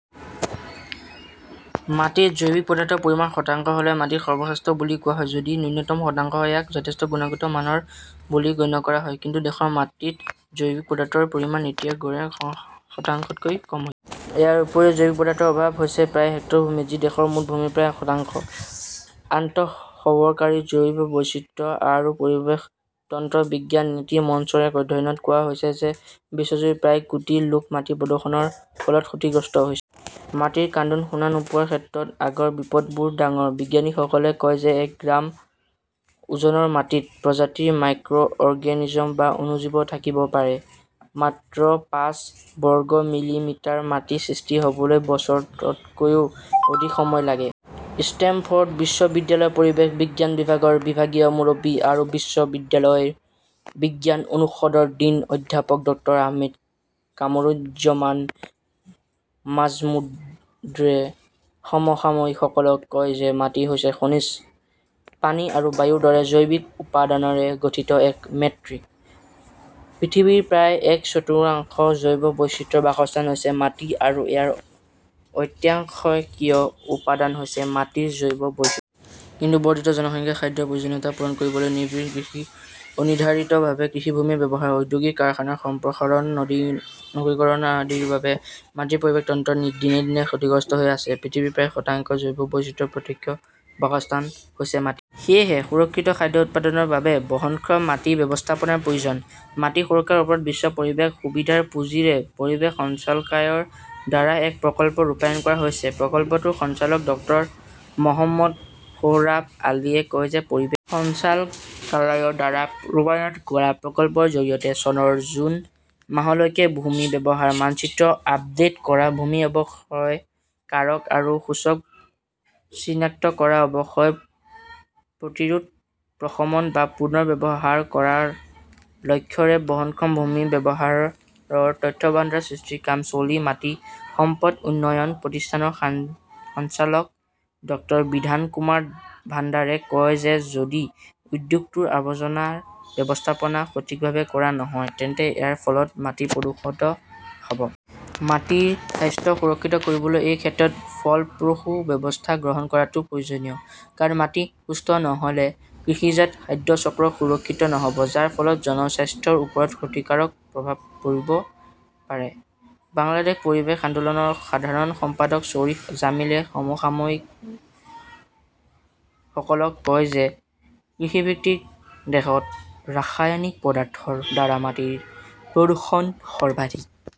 মাটিত জৈৱিক পদাৰ্থৰ পৰিমাণ শতাংশ হ’লে মাটি সৰ্বশ্ৰেষ্ঠ বুলি কোৱা হয়। যদি ন্যূনতম শতাংশ হয়, ইয়াক যথেষ্ট গুণগত মানৰ বুলি গণ্য কৰা হয়। কিন্তু দেশৰ মাটিত জৈৱিক পদাৰ্থৰ পৰিমাণ এতিয়া গড়ে শতাংশতকৈ কম হৈছে। ইয়াৰ উপৰিও, জৈৱিক পদাৰ্থৰ অভাৱ হৈছে প্ৰায় হেক্টৰ ভূমিত, যি দেশৰ মুঠ ভূমিৰ প্ৰায় শতাংশ। আন্তঃসৰকাৰী জৈৱ বৈচিত্ৰ্য আৰু পৰিৱেশ তন্ত্ৰৰ বিজ্ঞান-নীতি মঞ্চৰ এক অধ্যয়নত কোৱা হৈছে যে বিশ্বজুৰি প্ৰায় কোটি লোক মাটি প্ৰদূষণৰ ফলত ক্ষতিগ্ৰস্ত হৈছে। মাটিৰ কান্দোন শুনা নোপোৱাৰ ক্ষেত্ৰত আগৰ বিপদবোৰ ডাঙৰঃ বিজ্ঞানীসকলে কয় যে এক গ্ৰাম ওজনৰ মাটিত প্ৰজাতিৰ মাইক্ৰ অৰ্গেনিজম বা অণুজীৱ থাকিব পাৰে। মাত্ৰ পাঁচ বৰ্গ মিলিমিটাৰ মাটি সৃষ্টি হ’বলৈ বছৰতকৈও অধিক সময় লাগে। ষ্টেমফৰ্ড বিশ্ববিদ্যালয়ৰ পৰিৱেশ বিজ্ঞান বিভাগৰ বিভাগীয় মুৰব্বী আৰু বিশ্ববিদ্যালয়ৰ বিজ্ঞান অনুষদৰ ডিন অধ্যাপক ডক্টৰ আহমেদ কামৰুজ্জমান মাজমুদ্ৰে সমসাময়িকসকলক কয় যে মাটি হৈছে খনিজ, পানী আৰু বায়ুৰ দৰে জৈৱিক উপাদানৰে গঠিত এক মেট্ৰিক। পৃথিৱীৰ প্ৰায় এক চতুৰ্থাংশ জৈৱ বৈচিত্ৰ্যৰ বাসস্থান হৈছে মাটি আৰু ইয়াৰ অত্যাৱশ্যকীয় উপাদান হৈছে মাটিৰ জৈৱ বৈচিত্ৰ্য। কিন্তু বৰ্ধিত জনসংখ্যাৰ খাদ্যৰ প্ৰয়োজনীয়তা পূৰণ কৰিবলৈ নিবিড় কৃষি, অনিৰ্ধাৰিতভাৱে কৃষিভূমিৰ ব্যৱহাৰ, ঔদ্যোগিক-কাৰখানাৰ সম্প্ৰসাৰণ, নগৰীকৰণ আদিৰ বাবে মাটিৰ পৰিৱেশ তন্ত্ৰ দিনে দিনে ক্ষতিগ্ৰস্ত হৈ আছে। পৃথিৱীৰ প্ৰায় শতাংশ জৈৱ বৈচিত্ৰ্যৰ প্ৰত্যক্ষ বাসস্থান হৈছে মাটি। সেয়েহে সুৰক্ষিত খাদ্য উৎপাদনৰ বাবে বহনক্ষম মাটি ব্যৱস্থাপনাৰ প্ৰয়োজন। মাটি সুৰক্ষাৰ ওপৰত বিশ্ব পৰিৱেশ সুবিধাৰ পুঁজিৰে পৰিৱেশ সঞ্চালকালয়ৰ দ্বাৰা এক প্ৰকল্প ৰূপায়ণ কৰা হৈছে। প্ৰকল্পটোৰ সঞ্চালক ডক্টৰ মহম্মদ সোহৰাব আলীয়ে কয় যে পৰিৱেশ সঞ্চালকালয়ৰ দ্বাৰা ৰূপায়ণ কৰা প্ৰকল্পৰ জৰিয়তে চনৰ জুন মাহলৈকে ভূমি ব্যৱহাৰৰ মানচিত্ৰ আপডেট কৰা, ভূমি অৱক্ষয়ৰ কাৰক আৰু সূচক চিনাক্ত কৰা, অৱক্ষয় প্ৰতিৰোধ, প্ৰশমন বা পুনৰ ব্যৱহাৰ কৰাৰ লক্ষ্যৰে বহনক্ষম ভূমি ব্যৱহাৰৰ তথ্যভাণ্ডাৰ সৃষ্টিৰ কাম চলি মাটি সম্পদ উন্নয়ন প্ৰতিষ্ঠানৰ সঞ্চালক ডাঃ বিধান কুমাৰ ভাণ্ডাৰে কয় যে যদি উদ্যোগটোৰ আৱৰ্জনা ব্যৱস্থাপনা সঠিকভাৱে কৰা নহয় তেন্তে ইয়াৰ ফলত মাটি প্ৰদূষণ হ’ব। মাটিৰ স্বাস্থ্য সুৰক্ষিত কৰিবলৈ এই ক্ষেত্ৰত ফলপ্ৰসূ ব্যৱস্থা গ্ৰহণ কৰাটো প্ৰয়োজনীয়। কাৰণ মাটি সুস্থ নহ’লে কৃষিজাত খাদ্য চক্ৰ সুৰক্ষিত নহ’ব, যাৰ ফলত জনস্বাস্থ্যৰ ওপৰত ক্ষতিকাৰক প্ৰভাৱ পৰিব পাৰে। বাংলাদেশ পৰিৱেশ আন্দোলনৰ সাধাৰণ সম্পাদক শ্বৰীফ জামিলে সমসাময়িকসকলক কয় যে কৃষিভিত্তিক দেশত ৰাসায়নিক পদাৰ্থৰ দ্বাৰা মাটিৰ প্ৰদূষণ সৰ্বাধিক।